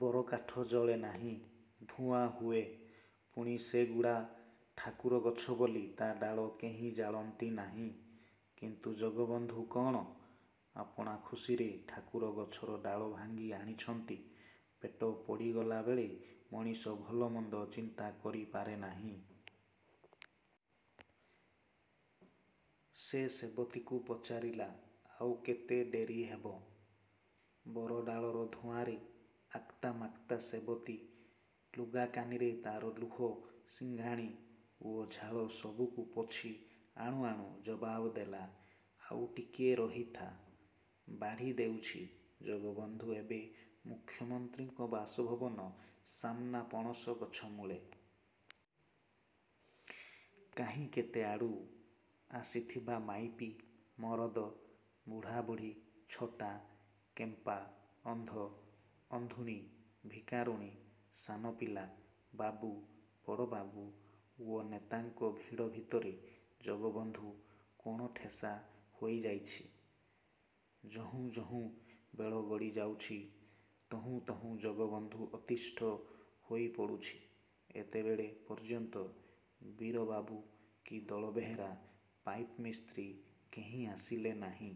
ବରକାଠ ଜଳେ ନାହିଁ, ଧୂଆଁ ହୁଏ। ପୁଣି ସେଗୁଡ଼ା ଠାକୁର ଗଛ ବୋଲି ତା' ଡାଳ କେହି ଜାଳନ୍ତି ନାହିଁ। କିନ୍ତୁ ଜଗବନ୍ଧୁ କଣ? ଆପଣା ଖୁସିରେ ଠାକୁର ଗଛର ଡାଳ ଭାଙ୍ଗି ଆଣିଛନ୍ତି! ପେଟ ପୋଡ଼ିଗଲା ବେଳେ ମଣିଷ ଭଲମନ୍ଦ ଚିନ୍ତା କରିପାରେ ନାହିଁ। ସେ ସେବତୀକୁ ପଚାରିଲା, "ଆଉ କେତେ ଡେରି ହେବ?"ବରଡାଳର ଧୂଆଁରେ ଆକ୍ତାମାକ୍ତା ସେବତୀ ଲୁଗାକାନିରେ ତା'ର ଲୁହ, ସିଂଘାଣି ଓ ଝାଳ ସବୁକୁ ପୋଛି ଆଣୁ ଆଣୁ ଜବାବ ଦେଲା, "ଆଉ ଟିକିଏ ରହିଥା, ବାଢ଼ି ଦେଉଛି।"ଜଗବନ୍ଧୁ ଏବେ ମୁଖ୍ୟମନ୍ତ୍ରୀଙ୍କ ବାସଭବନ ସାମ୍ନା ପଣସ ଗଛମୂଳେ। କାହିଁ କେତେଆଡ଼ୁ ଆସିଥିବା ମାଇପି, ମରଦ, ବୁଢ଼ାବୁଢ଼ୀ, ଛୋଟା, କେମ୍ପା, ଅନ୍ଧ, ଅନ୍ଧୁଣୀ, ଭିକାରୁଣୀ, ସାନପିଲା, ବାବୁ, ବଡ଼ବାବୁ ଓ ନେତାଙ୍କ ଭିଡ଼ ଭିତରେ ଜଗବନ୍ଧୁ କୋଣଠେସା ହୋଇଯାଇଛି। ଯହୁଁ ଯହୁଁ ବେଳ ଗଡ଼ି ଯାଉଛି, ତହୁଁ ତହୁଁ ଜଗବନ୍ଧୁ ଅତିଷ୍ଠ ହୋଇପଡ଼ୁଛି। ଏତେବେଳ ପର୍ଯ୍ୟନ୍ତ ବୀରବାବୁ କି ଦଳବେହେରା ପାଇପ୍ ମିସ୍ତ୍ରୀ କେହି ଆସିଲେ ନାହିଁ।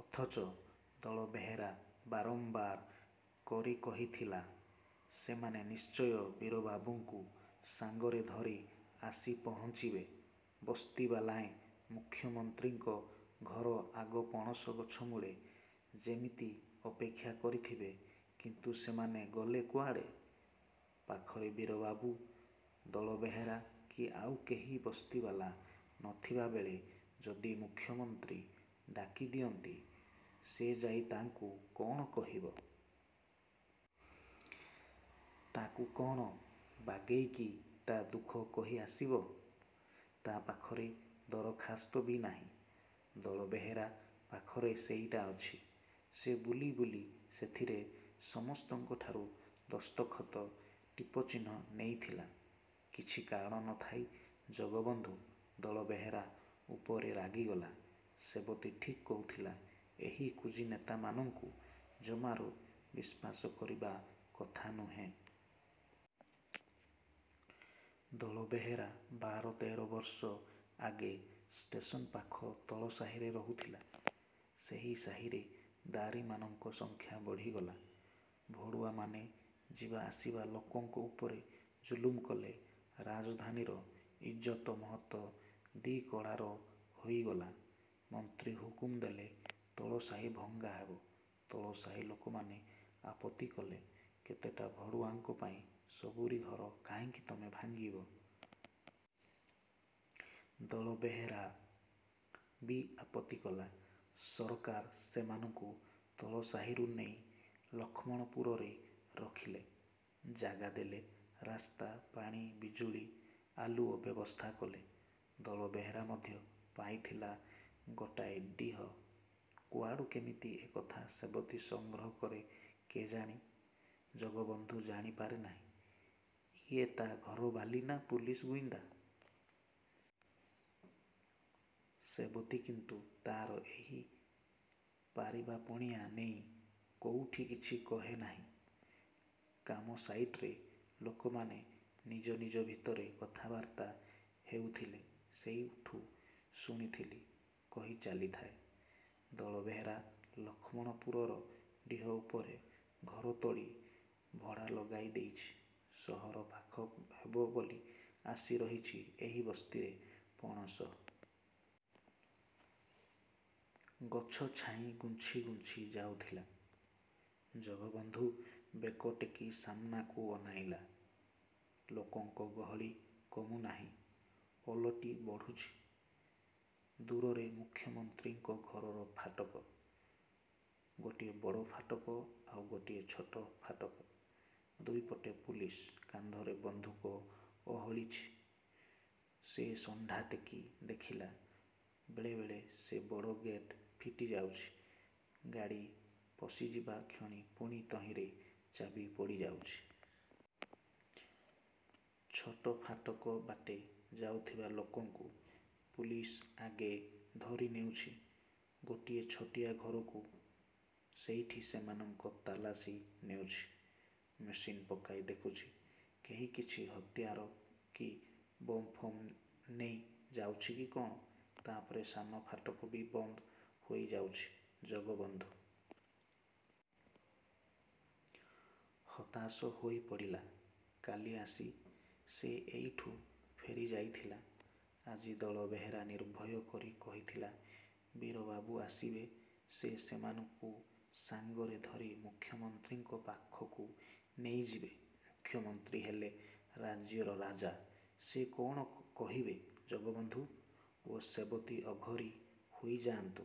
ଅଥଚ ଦଳବେହେରା ବାରମ୍ବାର କରି କହିଥିଲା, ସେମାନେ ନିଶ୍ଚୟ ବୀରବାବୁଙ୍କୁ ସାଙ୍ଗରେ ଧରି ଆସି ପହଞ୍ଚିବେ। ବସ୍ତିବାଲାଏ ମୁଖ୍ୟମନ୍ତ୍ରୀଙ୍କ ଘର ଆଗ ପଣସ ଗଛମୂଳେ ଯେମିତି ଅପେକ୍ଷା କରିଥିବେ କିନ୍ତୁ ସେମାନେ ଗଲେ କୁଆଡ଼େ? ପାଖରେ ବୀରବାବୁ, ଦଳବେହେରା କି ଆଉ କେହି ବସ୍ତିବାଲା ନଥିବାବେଳେ ଯଦି ମୁଖ୍ୟମନ୍ତ୍ରୀ ଡାକିଦିଅନ୍ତି, ସେ ଯାଇ ତାଙ୍କୁ କ'ଣ କହିବ? ତାକୁ କ'ଣ ବାଗେଇକି ତା' ଦୁଃଖ କହି ଆସିବ? ତା' ପାଖରେ ଦରଖାସ୍ତ ବି ନାହିଁ। ଦଳବେହେରା ପାଖରେ ସେଇଟା ଅଛି। ସେ ବୁଲି ବୁଲି ସେଥିରେ ସମସ୍ତଙ୍କଠାରୁ ଦସ୍ତଖତ, ଟିପଚିହ୍ନ ନେଇଥିଲା। କିଛି କାରଣ ନଥାଇ ଜଗବନ୍ଧୁ ଦଳବେହେରା ଉପରେ ରାଗିଗଲା। ସେବତୀ ଠିକ୍ କହୁଥିଲା, ଏହି କୁଜିନେତାମାନଙ୍କୁ ଜମାରୁ ବିଶ୍ୱାସ କରିବା କଥା ନୁହେଁ। ଦଳବେହେରା ବାର-ତେର ବର୍ଷ ଆଗେ ଷ୍ଟେସନ୍ ପାଖ ତଳସାହିରେ ରହୁଥିଲା। ସେହି ସାହିରେ ଦାରୀମାନଙ୍କ ସଂଖ୍ୟା ବଢ଼ିଗଲା। ଭଡ଼ୁଆମାନେ ଯିବାଆସିବା ଲୋକଙ୍କ ଉପରେ ଜୁଲୁମ କଲେ। ରାଜଧାନୀର ଇଜ୍ଜତ ମହତ ଦିକଡ଼ାର ହୋଇଗଲା। ମନ୍ତ୍ରୀ ହୁକୁମ ଦେଲେ, ତଳସାହି ଭଙ୍ଗା ହେବ। ତଳସାହି ଲୋକମାନେ ଆପତ୍ତି କଲେ, କେତେଟା ଭଡ଼ୁଆଙ୍କ ପାଇଁ ସବୁରି ଘର କାହିଁକି ତମେ ଭାଙ୍ଗିବ? ଦଳବେହେରା ବି ଆପତ୍ତି କଲା। ସରକାର ସେମାନଙ୍କୁ ତଳସାହିରୁ ନେଇ ଲକ୍ଷ୍ମଣପୁରରେ ରଖିଲେ। ଜାଗା ଦେଲେ, ରାସ୍ତା, ପାଣି, ବିଜୁଳି ଆଲୁଅ ବ୍ୟବସ୍ଥା କଲେ। ଦଳବେହେରା ମଧ୍ୟ ପାଇଥିଲା ଗୋଟାଏ ଡିହ। କୁଆଡ଼ୁ କେମିତି ଏତେକଥା ସେବତୀ ସଂଗ୍ରହ କରେ କେଜାଣି! ଜଗବନ୍ଧୁ ଜାଣିପାରେ ନାହିଁ। ଇଏ ତା' ଘରବାଲୀ ନା ପୁଲିସ ଗୁଇନ୍ଦା? ସେବତୀ କିନ୍ତୁ ତା'ର ଏଇ ପାରିବାପଣିଆ ନେଇ କୋଉଠି କିଛି କହେ ନାହିଁ। "କାମ ସାଇଟ୍‌ରେ ଲୋକମାନେ ନିଜ ନିଜ ଭିତରେ କଥାବାର୍ତ୍ତା ହେଉଥିଲେ, ସେଇଠୁ ଶୁଣିଥିଲି" କହି ଚାଲିଥାଏ। ଦଳବେହେରା ଲକ୍ଷ୍ମଣପୁରର ଡିହ ଉପରେ ଘର ତୋଳି ଭଡ଼ା ଲଗାଇଦେଇଛି। ସହର ପାଖ ହେବ ବୋଲି ଆସି ରହିଛି ଏହି ବସ୍ତିରେ। ପଣସ ଗଛ ଛାଇ ଘୁଞ୍ଚି ଘୁଞ୍ଚି ଯାଉଥିଲା। ଜଗବନ୍ଧୁ ବେକ ଟେକି ସାମ୍ନାକୁ ଅନାଇଲା। ଲୋକଙ୍କ ଗହଳି କମୁନାହିଁ, ଓଲଟି ବଢ଼ୁଛି। ଦୂରରେ ମୁଖ୍ୟମନ୍ତ୍ରୀଙ୍କ ଘରର ଫାଟକ। ଗୋଟିଏ ବଡ଼ ଫାଟକ, ଆଉ ଗୋଟିଏ ଛୋଟ ଫାଟକ। ଦୁଇପଟେ ପୁଲିସ, କାନ୍ଧରେ ବନ୍ଧୁକ ଓହଳିଛି। ସେ ଶଣ୍ଢା ଟେକି ଦେଖିଲା, ବେଳେ ବେଳେ ସେ ବଡ଼ ଗେଟ୍ ଫିଟିଯାଉଛି; ଗାଡ଼ି ପଶିଯିବା କ୍ଷଣି ପୁଣି ତହିଁରେ ଚାବି ପଡ଼ିଯାଉଛି। ଛୋଟ ଫାଟକ ବାଟେ ଯାଉଥିବା ଲୋକଙ୍କୁ ପୁଲିସ ଆଗେ ଧରିନେଉଛି ଗୋଟିଏ ଛୋଟିଆ ଘରକୁ। ସେଇଠି ସେମାନଙ୍କ ତଲାସି ନେଉଛି। ମେସିନ୍ ପକାଇ ଦେଖୁଛି, କେହି କିଛି ହତିଆର କି ବମ୍-ଫମ୍ ନେଇ ଯାଉଛି କି କ'ଣ! ତା'ପରେ ସାନ ଫାଟକ ବି ବନ୍ଦ ହୋଇଯାଉଛି। ଜଗବନ୍ଧୁ ହତାଶ ହୋଇପଡ଼ିଲା। କାଲି ଆସି ସେ ଏଇଠୁ ଫେରିଯାଇଥିଲା। ଆଜି ଦଳବେହେରା ନିର୍ଭୟ କରି କହିଥିଲା, ବୀରବାବୁ ଆସିବେ; ସେ ସେମାନଙ୍କୁ ସାଙ୍ଗରେ ଧରି ମୁଖ୍ୟମନ୍ତ୍ରୀଙ୍କ ପାଖକୁ ନେଇଯିବେ। ମୁଖ୍ୟମନ୍ତ୍ରୀ ହେଲେ ରାଜ୍ୟର ରାଜା। ସେ କ'ଣ କହିବେ ଜଗବନ୍ଧୁ ଓ ସେବତୀ ଅଘରୀ ହୋଇଯାଆନ୍ତୁ?